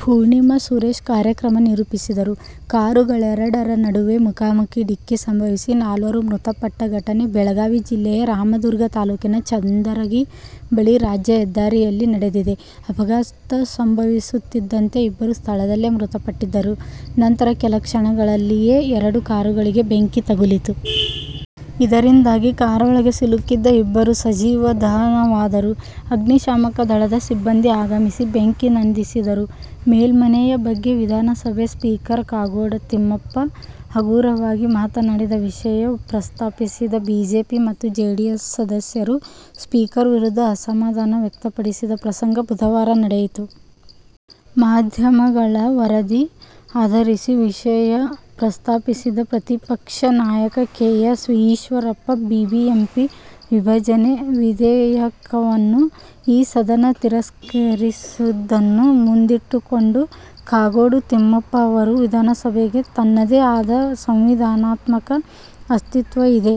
ಪೂರ್ಣಿಮಾ ಸುರೇಶ್ ಕಾರ್ಯಕ್ರಮ ನಿರೂಪಿಸಿದರು. ಕಾರುಗಳೆರಡರ ನಡುವೆ ಮುಖಾಮುಖೀ ಡಿಕ್ಕಿ ಸಂಭವಿಸಿ ನಾಲ್ವರು ಮೃತಪಟ್ಟ ಘಟನೆ ಬೆಳಗಾವಿ ಜಿಲ್ಲೆಯ ರಾಮದುರ್ಗ ತಾಲೂಕಿನ ಚಂದರಗಿ ಬಳಿ ರಾಜ್ಯ ಹೆದ್ದಾರಿಯಲ್ಲಿ ನಡೆದಿದೆ. ಅಪಘಾತ ಸಂಭವಿಸುತ್ತಿದ್ದಂತೆ ಇಬ್ಬರು ಸ್ಥಳದಲ್ಲೇ ಮೃತಪಟ್ಟಿದ್ದರು. ನಂತರ ಕೆಲ ಕ್ಷಣಗಳಲ್ಲಿಯೇ ಎರಡು ಕಾರುಗಳಿಗೆ ಬೆಂಕಿ ತಗುಲಿತು. ಇದರಿಂದಾಗಿ ಕಾರೊಳಗೆ ಸಿಲುಕಿದ್ದ ಇಬ್ಬರು ಸಜೀವ ದಹನವಾದರು. ಅಗ್ನಿ ಶಾಮಕ ದಳದ ಸಿಬ್ಬಂದಿ ಆಗಮಿಸಿ ಬೆಂಕಿ ನಂದಿಸಿದರು. ಮೇಲ್ಮನೆಯ ಬಗ್ಗೆ ವಿಧಾನಸಭೆ ಸ್ಪೀಕರ್ ಕಾಗೋಡು ತಿಮ್ಮಪ್ಪ "ಹಗುರ'ವಾಗಿ ಮಾತನಾಡಿದ ವಿಷಯ ಪ್ರಸ್ತಾಪಿಸಿದ ಬಿಜೆಪಿ ಮತ್ತು ಜೆಡಿಎಸ್ ಸದಸ್ಯರು ಸ್ಪೀಕರ್ ವಿರುದ್ಧ ಅಸಮಾಧಾನ ವ್ಯಕ್ತಪಡಿಸಿದ ಪ್ರಸಂಗ ಬುಧವಾರ ನಡೆಯಿತು. ಮಾಧ್ಯಮಗಳ ವರದಿ ಆಧರಿಸಿ ವಿಷಯ ಪ್ರಸ್ತಾಪಿಸಿದ ಪ್ರತಿಪಕ್ಷ ನಾಯಕ ಕೆ. ಎಸ್. ಈಶ್ವರಪ್ಪ, ಬಿಬಿಎಂಪಿ ವಿಭಜನೆ ವಿಧೇಯಕವನ್ನು ಈ ಸದನ ತಿರಸ್ಕರಿಸಿದ್ದನ್ನು ಮುಂದಿಟ್ಟುಕೊಂಡು ಕಾಗೋಡು ತಿಮ್ಮಪ್ಪ ಅವರು "ವಿಧಾನಸಭೆಗೆ ತನ್ನದೇ ಆದ ಸಂವಿಧಾನಾತ್ಮಕ ಅಸ್ತಿತ್ವ ಇದೆ.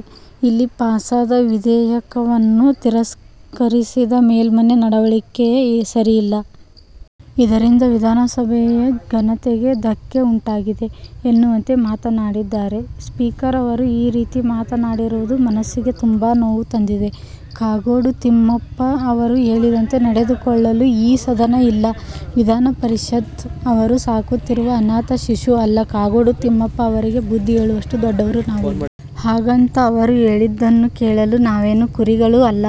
ಇಲ್ಲಿ ಪಾಸಾದ ವಿಧೇಯಕವನ್ನು ತಿರಸ್ಕರಿಸಿದ ಮೇಲ್ಮನೆ ನಡವಳಿಕೆ ಸರಿಯಲ್ಲ. ಇದರಿಂದ ವಿಧಾನಸಭೆಯ ಘನತೆಗೆ ಧಕ್ಕೆ ಉಂಟಾಗಿದೆ' ಎನ್ನುವಂತೆ ಮಾತನಾಡಿದ್ದಾರೆ. ಸ್ಪೀಕರ್ ಅವರು ಈ ರೀತಿ ಮಾತನಾಡಿರುವುದು ಮನಸ್ಸಿಗೆ ತುಂಬಾ ನೋವು ತಂದಿದೆ. ಕಾಗೋಡು ತಿಮ್ಮಪ್ಪ ಅವರು ಹೇಳಿದಂತೆ ನಡೆದುಕೊಳ್ಳಲು ಈ ಸದನ ಇಲ್ಲ. ವಿಧಾನಪರಿಷತ್ ಅವರು ಸಾಕುತ್ತಿರುವ ಅನಾಥ ಶಿಶು ಅಲ್ಲ. ಕಾಗೋಡು ತಿಮ್ಮಪ್ಪ ಅವರಿಗೆ ಬುದ್ಧಿ ಹೇಳುವಷ್ಟು ದೊಡ್ಡವರು ನಾವು ಅಲ್ಲ. ಹಾಗಂತ ಅವರು ಹೇಳಿದ್ದನ್ನು ಕೇಳಲು ನಾವೇನು "ಕುರಿಗಳೂ' ಅಲ್ಲ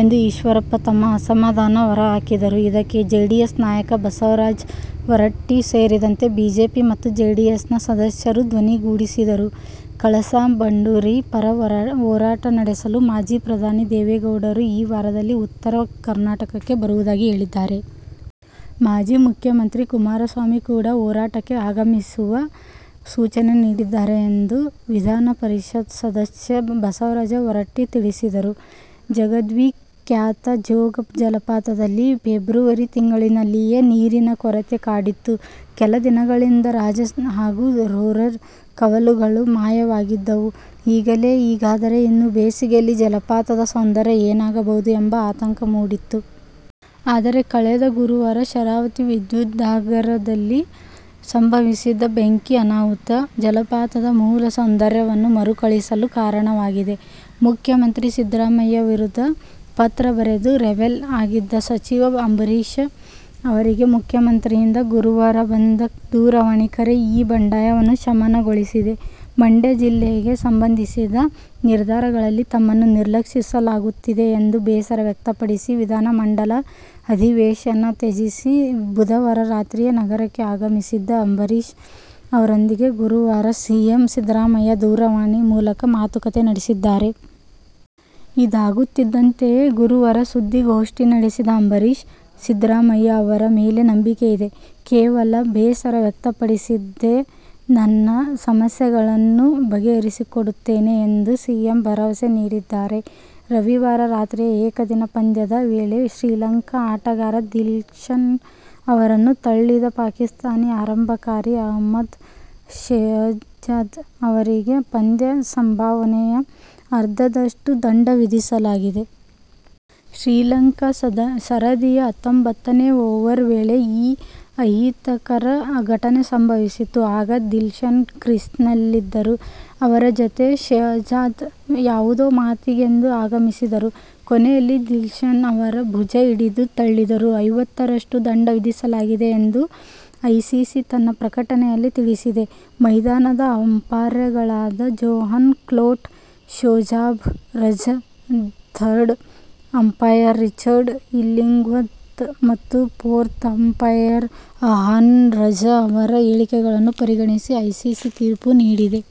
ಎಂದು ಈಶ್ವರಪ್ಪ ತಮ್ಮ ಅಸಮಧಾನ ಹೊರಹಾಕಿದರು. ಇದಕ್ಕೆ ಜೆಡಿಎಸ್ ನಾಯಕ ಬಸವರಾಜ ಹೊರಟ್ಟಿ ಸೇರಿದಂತೆ ಬಿಜೆಪಿ ಮತ್ತು ಜೆಡಿಎಸ್ನ ಸದಸ್ಯರು ಧ್ವನಿಗೂಡಿಸಿದರು. ಕಳಸಾ-ಬಂಡೂರಿ ಪರ ಹೋರಾಟ ನಡೆಸಲು ಮಾಜಿ ಪ್ರಧಾನಿ ದೇವೇಗೌಡರು ಈ ವಾರದಲ್ಲಿ ಉತ್ತರ ಕರ್ನಾಟಕಕ್ಕೆ ಬರುವುದಾಗಿ ಹೇಳಿದ್ದಾರೆ. ಮಾಜಿ ಮುಖ್ಯಮಂತ್ರಿ ಕುಮಾರಸ್ವಾಮಿ ಕೂಡ ಹೋರಾಟಕ್ಕೆ ಆಗಮಿಸುವ ಸೂಚನೆ ನೀಡಿದ್ದಾರೆ ಎಂದು ವಿಧಾನ ಪರಿಷತ್ ಸದಸ್ಯ ಬಸವರಾಜ ಹೊರಟ್ಟಿ ತಿಳಿಸಿದರು. ಜಗದ್ವಿಖ್ಯಾತ ಜೋಗ ಜಲಪಾತದಲ್ಲಿ ಫೆಬ್ರವರಿ ತಿಂಗಳಿನಲ್ಲಿಯೇ ನೀರಿನ ಕೊರತೆ ಕಾಡಿತ್ತು. ಕೆಲ ದಿನಗಳಿಂದ ರಾಜ ಹಾಗೂ ರೋರರ್ ಕವಲುಗಳು ಮಾಯವಾಗಿದ್ದವು. ಈಗಲೇ ಹೀಗಾದರೆ ಇನ್ನು ಬೇಸಿಗೆಯಲ್ಲಿ ಜಲಪಾತದ ಸೌಂದರ್ಯ ಏನಾಗಬಹುದು ಎಂಬ ಆತಂಕ ಮೂಡಿತ್ತು. ಆದರೆ, ಕಳೆದ ಗುರುವಾರ ಶರಾವತಿ ವಿದ್ಯುದಾಗಾರದಲ್ಲಿ ಸಂಭವಿಸಿದ ಬೆಂಕಿ ಅನಾಹುತ, ಜಲಪಾತದ ಮೂಲ ಸೌಂದರ್ಯವನ್ನು ಮರುಕಳಿಸಲು ಕಾರಣವಾಗಿದೆ. ಮುಖ್ಯಮಂತ್ರಿ ಸಿದ್ದರಾಮಯ್ಯ ವಿರುದ ಪತ್ರ ಬರೆದು ರೆಬೆಲ್ ಆಗಿದ್ದ ಸಚಿವ ಅಂಬರೀಶ್ ಅವರಿಗೆ ಮುಖ್ಯಮಂತ್ರಿಯಿಂದ ಗುರುವಾರ ಬಂದ ದೂರವಾಣಿ ಕರೆ ಈ ಬಂಡಾಯವನ್ನು ಶಮನಗೊಳಿಸಿದೆ. ಮಂಡ್ಯ ಜಿಲ್ಲೆಗೆ ಸಂಬಂಧಿಸಿದ ನಿರ್ಧಾರಗಳಲ್ಲಿ ತಮ್ಮನ್ನು ನಿರ್ಲಕ್ಷಿಸಲಾಗುತ್ತಿದೆ ಎಂದು ಬೇಸರ ವ್ಯಕ್ತಪಡಿಸಿ ವಿದಾನಮಂಡಲ ಅಧಿವೇಶನ ತ್ಯಜಿಸಿ ಬುಧವಾರ ರಾತ್ರಿಯೇ ನಗರಕ್ಕೆ ಆಗಮಿಸಿದ್ದ ಅಂಬರೀಶ್ ಅವರೊಂದಿಗೆ ಗುರುವಾರ ಸಿಎಂ ಸಿದ್ದರಾಮಯ್ಯ ದೂರವಾಣಿ ಮೂಲಕ ಮಾತುಕತೆ ನಡೆಸಿದ್ದಾರೆ. ಇದಾಗುತ್ತಿದ್ದಂತೆಯೇ ಗುರುವಾರ ಸುದ್ದಿಗೋಷ್ಠಿ ನಡೆಸಿದ ಅಂಬರೀಶ್, ಸಿದ್ದರಾಮಯ್ಯ ಅವರ ಮೇಲೆ ನಂಬಿಕೆಯಿದೆ. ಕೇವಲ ಬೇಸರ ವ್ಯಕ್ತಪಡಿಸಿದ್ದೆ. ನನ್ನ ಸಮಸ್ಯೆಗಳನ್ನು ಬಗೆಹರಿಸಿಕೊಡುತ್ತೇನೆ ಎಂದು ಸಿಎಂ ಭರವಸೆ ನೀಡಿದ್ದಾರೆ. ರವಿವಾರ ರಾತ್ರಿಯ ಏಕದಿನ ಪಂದ್ಯದ ವೇಳೆ ಶ್ರೀಲಂಕಾ ಆಟಗಾರ ದಿಲ್ಶನ್ ಅವರನ್ನು ತಳ್ಳಿದ ಪಾಕಿಸ್ಥಾನಿ ಆರಂಭಕಾರ ಅಹ್ಮದ್ ಶೆಹಜಾದ್ ಅವರಿಗೆ ಪಂದ್ಯ ಸಂಭಾವನೆಯ ಅರ್ಧದಷ್ಟು ದಂಡ ವಿಧಿಸಲಾಗಿದೆ. ಶ್ರೀಲಂಕಾ ಸರದಿಯ ಹತ್ತೊಂಭತ್ತನೇ ಓವರ್ ವೇಳೆ ಈ ಅಹಿತಕರ ಘಟನೆ ಸಂಭವಿಸಿತು. ಆಗ ದಿಲ್ಶನ್ ಕ್ರೀಸ್ನಲ್ಲಿದ್ದರು. ಅವರ ಜತೆ ಶೆಹಜಾದ್ ಯಾವುದೋ ಮಾತಿಗೆಂದು ಆಗಮಿಸಿದರು. ಕೊನೆಯಲ್ಲಿ ದಿಲ್ಶನ್ ಅವರ ಭುಜ ಹಿಡಿದು ತಳ್ಳಿದರು. ಐವತ್ತರಷ್ಟು ದಂಡ ವಿಧಿಸಲಾಗಿದೆ ಎಂದು ಐಸಿಸಿ ತನ್ನ ಪ್ರಕಟನೆಯಲ್ಲಿ ತಿಳಿಸಿದೆ. ಮೈದಾನದ ಅಂಪಾಯರ್ಗಳಾದ Johan Cloete, Shozab Raza, third umpire Richard Illingworth ಮತ್ತು ಫೋರ್ತ್ ಅಂಪಾಯರ್ ಅಹ್ಸಾನ್ ರಝ ಅವರ ಹೇಳಿಕೆಗಳನ್ನು ಪರಿಗಣಿಸಿ ಐಸಿಸಿ ತೀರ್ಪು ನೀಡಿದೆ.